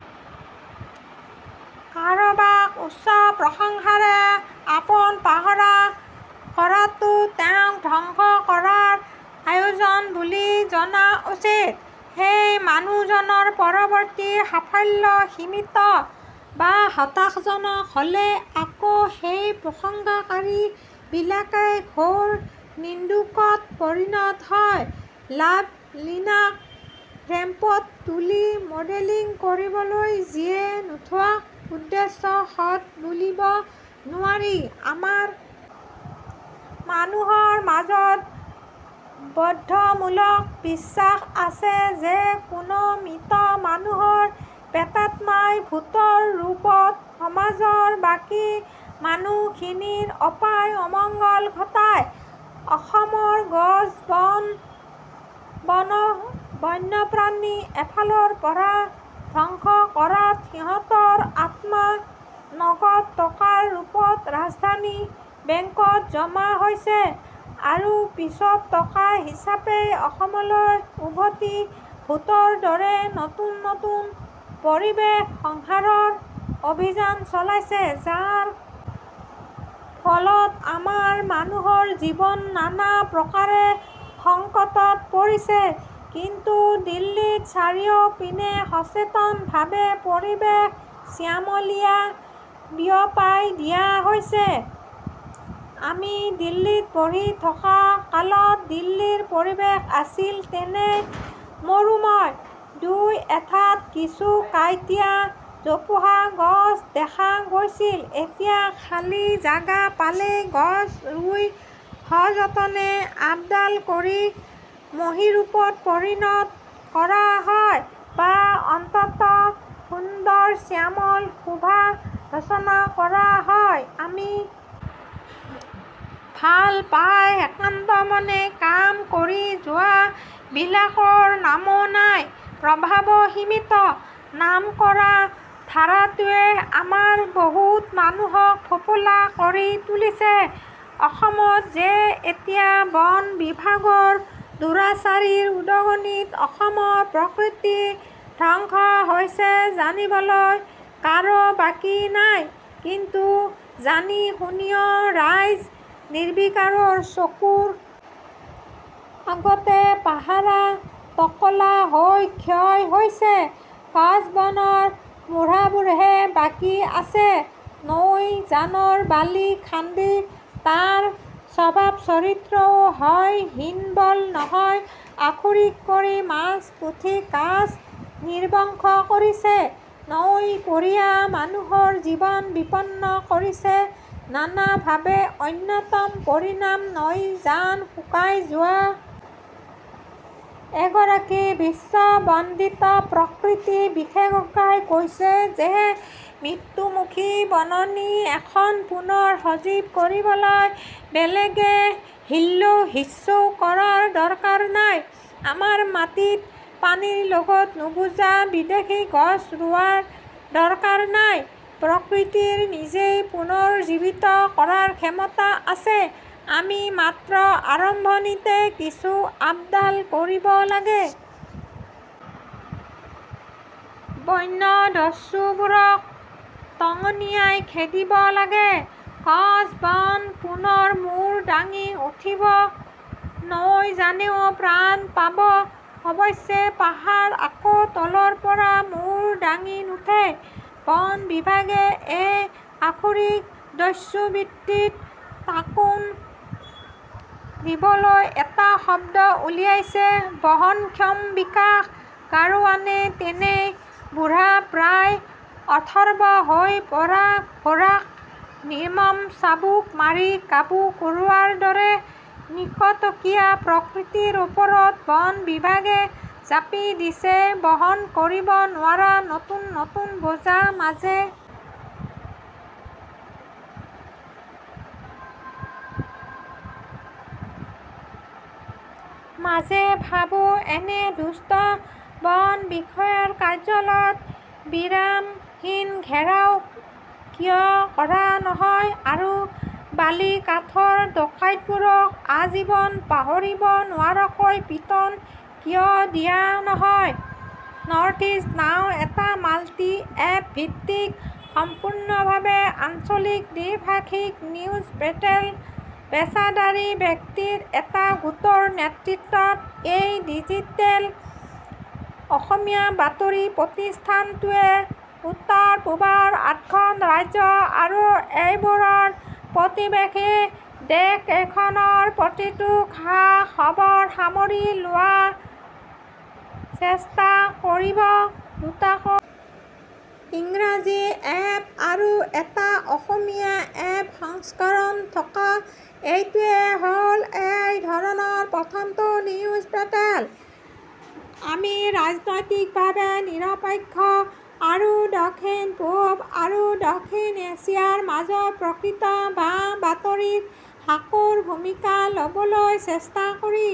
কাৰোবাক উচ্চ প্ৰশংসাৰে আপোনপাহৰা কৰাটো তেওঁক ধ্বংস কৰাৰ‌ আয়োজন বুলি জনা উচিত। সেই মানুহ জনৰ পৰবৰ্তী সাফল্য সীমিত বা হতাশজনক হ'লে আকৌ সেই প্ৰশংসাকাৰী বিলাকেই ঘোৰ নিন্দুকত পৰিণত হয়। লাভলিনাক ৰেম্পত তুলি মডেলিং কৰিবলৈ যিয়েই নুঠাওক উদেশ্য সৎ বুলিব নোৱাৰি। আমাৰ মানুহৰ মাজত বদ্ধমূল বিশ্বাস আছে যে কোনো মৃত মানুহৰ প্ৰেতাত্মাই ভূতৰ ৰূপত সমাজৰ বাকী মানুহখিনিৰ অপায় অমঙ্গল ঘটায়। অসমৰ গজ, বন, বন্যপ্ৰাণী এফালৰ পৰা ধ্বংস কৰাত সিহঁতৰ আত্মা নগদ টকাৰ ৰূপত ৰাজধানীৰ বেংকত জমা হৈছে আৰু পিছত টকা হিচাবেই অসমলৈ উভতি ভূতৰ দৰে নতুন নতুন পৰিৱেশ সংহাৰৰ অভিযান চলাইছে। যাৰ ফলত আমাৰ মানুহৰ জীৱন নানা প্ৰকাৰে সংকটত পৰিছে, কিন্তু দিল্লীত চাৰিওপিনে সচেতনভাৱে পৰিৱেশ শ্যামলিয়া বিয়পাই দিয়া হৈছে। আমি দিল্লীত পঢ়ি থকা কালত দিল্লীৰ পৰিৱেশ আছিল তেনেই মৰুময়। দুই এঠাইত কিছু কাঁইটিয়া জোপোহা গছ দেখা গৈছিল। এতিয়া খালি জাগা পালেই গছ ৰুই সযতনে আপডাল কৰি মহীৰূপত পৰিণত কৰা হয় বা অন্ততঃ সুন্দৰ শ্যামল শোভা ৰচনা কৰা হয়। আমি ভাল পাই একান্তমনে কাম কৰি যোৱা বিলাকৰ নামো নাই, প্ৰভাৱো সীমিত। নামকৰা ধাৰাটোৱেই আমাৰ বহুত মানুহক ফোঁপোলা কৰি তুলিছে। অসমত যে এতিয়া বন বিভাগৰ দুৰাচাৰী উদগনিত অসমৰ প্ৰকৃতি ধ্বংস হৈছে জানিবলৈ কাৰো বাকী নাই। কিন্তু জানি শুনিও ৰাইজ নিৰ্বিকাৰ। চকুৰ আগতে পাহাৰা টকলা হৈ ক্ষয় গৈছে। গছবনৰ মূঢ়াবোৰহে বাকী আছে। নৈজানৰ বালি খান্দি তাৰ স্বভাৱচৰিত্ৰও হয় হীনবল নহয় আসুৰিক কৰি মাছ-পুঠি, কাছ নিৰ্বংশ কৰিছে। নৈপৰীয়া মানুহৰ জীৱন বিপন্ন কৰিছে নানাভাৱে। অন্যতম পৰিণাম নৈজান শুকাই যোৱা। এগৰাকী বিশ্ববন্দিত প্ৰকৃতি বিশেষজ্ঞই কৈছে যে মৃত্যুমুখী বননী এখন পুনৰ সজীৱ কৰিবলৈ বেলেগে হিলৌহিচৌ কৰাৰ দৰকাৰ নাই। আমাৰ মাটি পানীৰ লগত নুশুজা বিদেশী গছ ৰুৱাৰ দৰকাৰ নাই। প্ৰকৃতিৰ নিজই পুনৰুজ্জীৱিত কৰাৰ ক্ষমতা আছে। আমি মাত্ৰ আৰম্ভণিতে কিছু আপডাল কৰিব লাগে। বন্যদস্যুবোৰক টঙনিয়াই খেদিব লাগে। গছবন পুনৰ মূৰ দাঙি উঠিব, নৈ জানেও প্ৰাণ পাব। অৱশ্যে পাহাৰ আকৌ তলৰ পৰা মূৰ দাঙি নুঠে। বন বিভাগে এই আসুৰিক দস্যুবৃত্তিত ঢাকোন দিবলৈ এটা শব্দ উলিয়াইছে বহনক্ষম বিকাশ। গাড়োৱানে তেনেই বুঢ়া প্ৰায় অথৰ্ব হৈ পৰা ঘোঁৰাক নিৰ্মম চাবুক মাৰি কাবু কৰোৱাৰ দৰে নিশটতীয়া প্ৰকৃতিৰ ওপৰত বন বিভাগে জাপি দিছে বহন কৰিব নোৱাৰা নতুন নতুন বোজা। মাজে মাজে ভাবোঁ এনে দুষ্ট বনবিষয়াৰ কাৰ্যালয়ত বিৰামহীন ঘেৰাও কিয় কৰা নহয় আৰু বালিকাঠৰ ডকাইতবোৰক আজীৱন পাহৰিব নোৱাৰাকৈ পিটন কিয় দিয়া নহয়? নৰ্থইষ্ট নাও এটা মাল্টিএপ ভিত্তিক সম্পূৰ্ণভাৱে আঞ্চলিক দ্বিভাষিক নিউজ পে'ৰ্টেল। পেচাদাৰী ব্যক্তিৰ এটা গোটৰ নেতৃত্বত এই ডিজিটেল অসমীয়া বাতৰি প্ৰতিষ্ঠানটোৱে উত্তৰ-পূবৰ আঠখন ৰাজ্য আৰু এইবোৰৰ প্ৰতিৱেশী দেশকেইখনৰ প্ৰতিটো খা-খবৰ সামৰি লোৱাৰ চেষ্টা কৰিব। দুটাকৈ ইংৰাজী এপ আৰু এটা অসমীয়া এপ সংস্কৰণ থকা এইটোৱে হ'ল এই ধৰণৰ প্ৰথমটো নিউজ পে'ৰ্টেল। আমি ৰাজনৈতিকভাৱে নিৰপেক্ষ আৰু দক্ষিণ-পূব আৰু দক্ষিণ এছিয়াৰ মাজৰ প্ৰকৃত বা বাতৰিৰ সাঁকোৰ ভূমিকা লবলৈ চেষ্টা কৰিম।